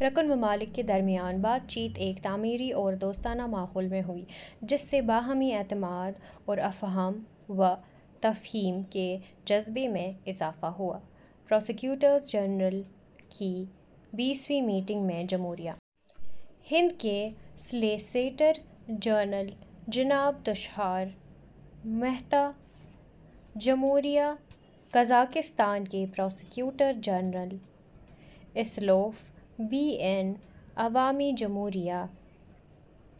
رکن ممالک کے درمیان بات چیت ایک تعمیری اور دوستانہ ماحول میں ہوئی، جس سے باہمی اعتماد اور افہام و تفہیم کے جذبے میں اضافہ ہوا۔ پراسیکیوٹرز جنرل کی بیسویں میٹنگ میں جمہوریۂ ہند کے سالیسیٹر جنرل جناب تشار مہتا، جمہوریہ قزاقستان کے prosecutor general Asylov B N, عوامی جمہوریہ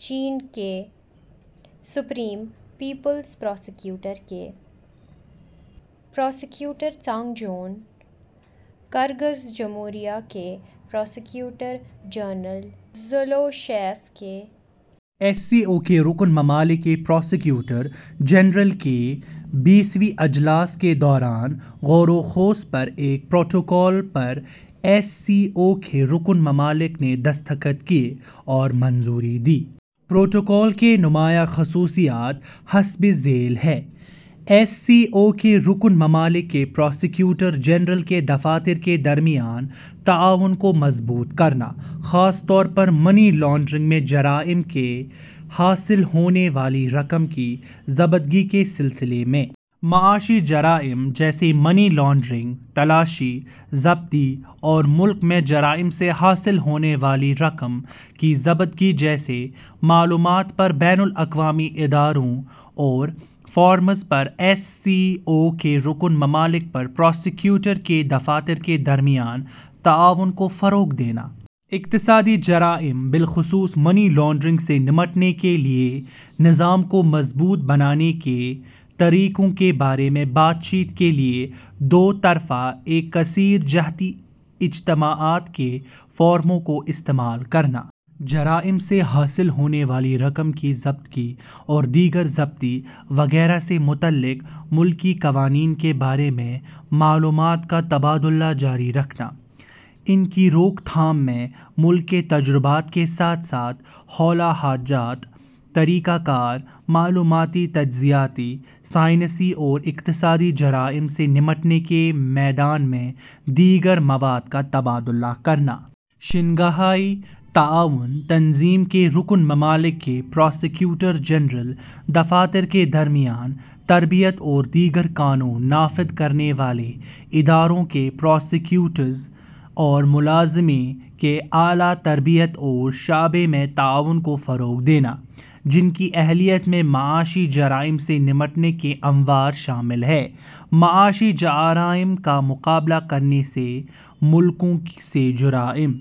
چین کے سپریم پیپلز پراسیکیوٹر کے پراسیکیوٹر ژانگ جون، کرغز جمہوریہ کے پراسیکیوٹر جنرل زولوشیف کے ایس سی او کے رکن ممالک کے پراسیکیوٹرز جنرل کے بیسویں اجلاس کے دوران غور و خوض پر ایک پروٹوکول پر ایس سی او کے رکن ممالک نے دستخط کیے اور منظوری دی۔ پروٹوکول کی نمایاں خصوصیات حسب ذیل ہیں: ایس سی او کے رکن ممالک کے پراسیکیوٹر جنرل کے دفاتر کے درمیان تعاون کو مضبوط کرنا، خاص طور پر منی لانڈرنگ میں جرائم سے حاصل ہونے والی رقم کی ضبطگی کے سلسلے میں۔ معاشی جرائم جیسے منی لانڈرنگ، تلاشی، ضبطی اور ملکوں میں جرائم سے حاصل ہونے والی رقم کی ضبطگی جیسے معاملات پر بین الاقوامی اداروں اور فورمز پر ایس سی او کے رکن ممالک کے پراسیکیوٹر کے دفاتر کے درمیان تعاون کو فروغ دینا۔ اقتصادی جرائم، بالخصوص منی لانڈرنگ سے نمٹنے کے لیے نظام کو مضبوط بنانے کے طریقوں کے بارے میں بات چیت کے لیے دو طرفہ اور کثیر جہتی اجتماعات کے فورموں کو استعمال کرنا۔ جرائم سے حاصل ہونے والی رقم کی ضبطگی اور دیگر ضبطی وغیرہ سے متعلق ملکی قوانین کے بارے میں معلومات کا تبادلہ جاری رکھنا۔ ان کی روک تھام میں ملک کے تجربات کے ساتھ ساتھ حوالہ جات، طریقہ کار، معلوماتی، تجزیاتی، سائنسی اور اقتصادی جرائم سے نمٹنے کے میدان میں دیگر مواد کا تبادلہ کرنا۔ شنگھائی تعاون تنظیم کے رکن ممالک کے پراسیکیوٹرز جنرل دفاتر کے درمیان تربیت اور دیگر قانون نافذ کرنے والے اداروں کے پراسیکیوٹرز اور ملازمین کی اعلیٰ تربیت کے شعبے میں تعاون کو فروغ دینا، جن کی اہلیت میں معاشی جرائم سے نمٹنے کے امور شامل ہیں۔ معاشی جرائم کا مقابلہ کرنے، ملکوں سے جرائم